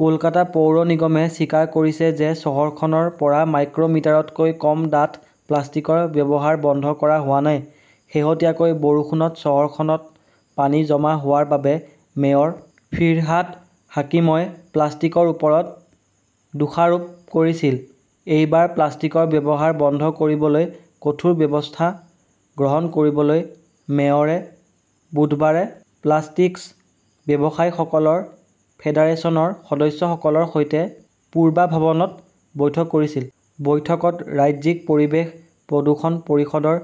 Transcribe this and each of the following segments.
কলকাতা পৌৰ নিগমে স্বীকাৰ কৰিছে যে চহৰখনৰ পৰা মাইক্ৰ "মিটাৰতকৈ কম ডাঠ প্লাষ্টিকৰ ব্যৱহাৰ বন্ধ কৰা হোৱা নাই। শেহতীয়াকৈ বৰষুণত চহৰখনত পানী জমা হোৱাৰ বাবে মেয়ৰ ফিৰহাদ হাকিমই প্লাষ্টিকৰ ওপৰত দোষাৰোপ কৰিছিল। এইবাৰ প্লাষ্টিকৰ ব্যৱহাৰ বন্ধ কৰিবলৈ কঠোৰ ব্যৱস্থা গ্ৰহণ কৰিবলৈ মেয়ৰে বুধবাৰে প্লাষ্টিক্স ব্যৱসায়ীসকলৰ ফেডাৰেচনৰ সদস্যসকলৰ সৈতে পূৰ্বাভৱনত বৈঠক কৰিছিল। বৈঠকত ৰাজ্যিক পৰিৱেশ প্ৰদূষণ পৰিষদৰ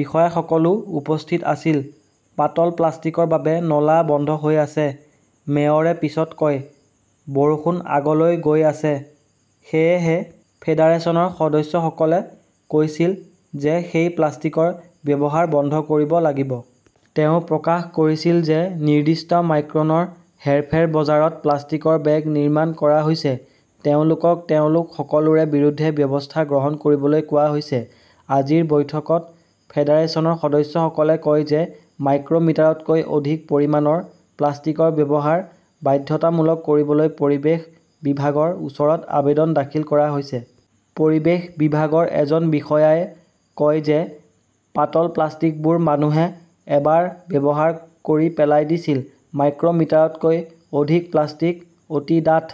বিষয়াসকলও উপস্থিত আছিল। "পাতল প্লাষ্টিকৰ বাবে নলা বন্ধ হৈ আছে", মেয়ৰে পিছত কয়। বৰষুণ আগলৈ গৈ আছে। সেয়েহে ফেডাৰেচনৰ সদস্যসকলে কৈছিল যে সেই প্লাষ্টিকৰ ব্যৱহাৰ বন্ধ কৰিব লাগিব। তেওঁ প্ৰকাশ কৰিছিল যে, নিৰ্দিষ্ট মাইক্ৰনৰ হেৰফেৰ বজাৰত প্লাষ্টিকৰ বেগ নিৰ্মাণ কৰা হৈছে। তেওঁলোকক তেওঁলোক সকলোৰে বিৰুদ্ধে ব্যৱস্থা গ্ৰহণ কৰিবলৈ কোৱা হৈছে। আজিৰ বৈঠকত ফেডাৰেচনৰ সদস্যসকলে কয় যে, মাইক্ৰ মিটাৰতকৈ অধিক পৰিমাণৰ প্লাষ্টিকৰ ব্যৱহাৰ বাধ্যতামূলক কৰিবলৈ পৰিৱেশ বিভাগৰ ওচৰত আবেদন দাখিল কৰা হৈছে। পৰিৱেশ বিভাগৰ এজন বিষয়াই কয় যে, পাতল প্লাষ্টিকবোৰ মানুহে এবাৰ ব্যৱহাৰ কৰি পেলাই দিছিল। মাইক্ৰ "মিটাৰতকৈ অধিক প্লাষ্টিক অতি ডাঠ।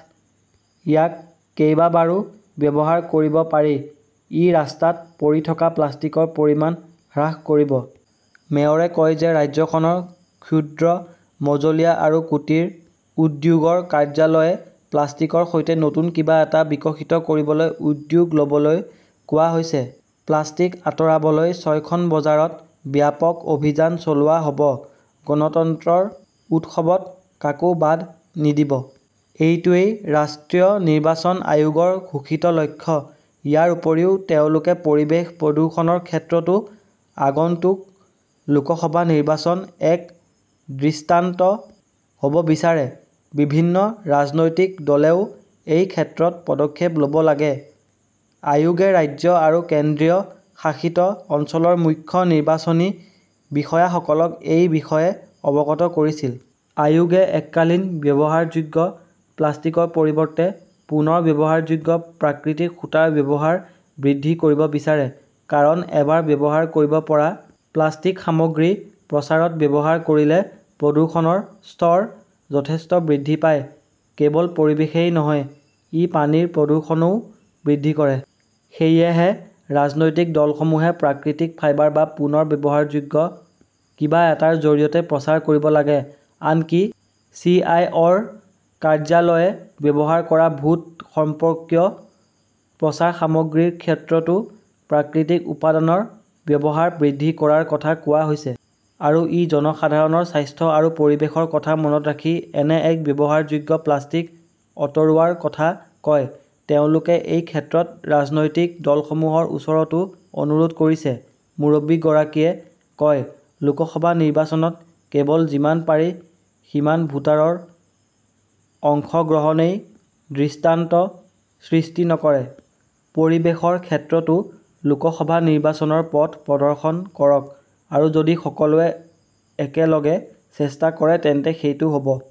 ইয়াক কেইবাবাৰো ব্যৱহাৰ কৰিব পাৰি। ই ৰাস্তাত পৰি থকা প্লাষ্টিকৰ পৰিমাণ হ্ৰাস কৰিব। মেয়ৰে কয় যে ৰাজ্যখনৰ ক্ষুদ্ৰ, মজলীয়া আৰু কুটিৰ উদ্যোগৰ কাৰ্যালয়ে প্লাষ্টিকৰ সৈতে নতুন কিবা এটা বিকশিত কৰিবলৈ উদ্যোগ ল'বলৈ কোৱা হৈছে। প্লাষ্টিক আঁতৰাবলৈ ছয়খন বজাৰত ব্যাপক অভিযান চলোৱা হ'ব গণতন্ত্ৰৰ উৎসৱত কাকো বাদ নিদিব। এইটোৱেই ৰাষ্ট্ৰীয় নিৰ্বাচন আয়োগৰ ঘোষিত লক্ষ্য। ইয়াৰ উপৰিও তেওঁলোকে পৰিৱেশ প্ৰদূষণৰ ক্ষেত্ৰতো আগন্তুক লোকসভা নিৰ্বাচন এক দৃষ্টান্ত হ'ব বিচাৰে। বিভিন্ন ৰাজনৈতিক দলেও এই ক্ষেত্ৰত পদক্ষেপ ল'ব লাগে। আয়োগে ৰাজ্য আৰু কেন্দ্ৰীয় শাসিত অঞ্চলৰ মুখ্য নিৰ্বাচনী বিষয়াসকলক এই বিষয়ে অৱগত কৰিছিল। আয়োগে এককালীন ব্যৱহাৰযোগ্য প্লাষ্টিকৰ পৰিৱৰ্তে পুনৰ্ব্যৱহাৰযোগ্য, প্ৰাকৃতিক সূতাৰ ব্যৱহাৰ বৃদ্ধি কৰিব বিচাৰে। কাৰণ, এবাৰ ব্যৱহাৰ কৰিব পৰা প্লাষ্টিক সামগ্ৰী প্ৰচাৰত ব্যৱহাৰ কৰিলে প্ৰদূষণৰ স্তৰ যথেষ্ট বৃদ্ধি পায়। কেৱল পৰিৱেশই নহয়, ই পানীৰ প্ৰদূষণও বৃদ্ধি কৰে। সেয়েহে ৰাজনৈতিক দলসমূহে প্ৰাকৃতিক ফাইবাৰ বা পুনৰ্ব্যৱহাৰযোগ্য কিবা এটাৰ জৰিয়তে প্ৰচাৰ কৰিব লাগে। আনকি চি. ই. অ '. -ৰ কাৰ্যালয়ে ব্যৱহাৰ কৰা ভোট সম্পৰ্কীয় প্ৰচাৰ সামগ্ৰীৰ ক্ষেত্ৰতো প্ৰাকৃতিক উপাদানৰ ব্যৱহাৰ বৃদ্ধি কৰাৰ কথা কোৱা হৈছে। আৰু ই জনসাধাৰণৰ স্বাস্থ্য আৰু পৰিৱেশৰ কথা মনত ৰাখি এনে এক-ব্যৱহাৰযোগ্য প্লাষ্টিক আঁতৰোৱাৰ কথা কয়। তেওঁলোকে এই ক্ষেত্ৰত ৰাজনৈতিক দলসমূহৰ ওচৰতো অনুৰোধ কৰিছে। মুৰব্বীগৰাকীয়ে কয়, লোকসভা নিৰ্বাচনত কেৱল যিমান পাৰি সিমান ভোটাৰৰ অংশগ্ৰহণই দৃষ্টান্ত সৃষ্টি নকৰে। পৰিৱেশৰ ক্ষেত্ৰতো লোকসভা নিৰ্বাচনৰ পথ প্ৰদৰ্শন কৰক। আৰু যদি সকলোৱে একেলগে চেষ্টা কৰে তেন্তে সেইটো হ 'ব।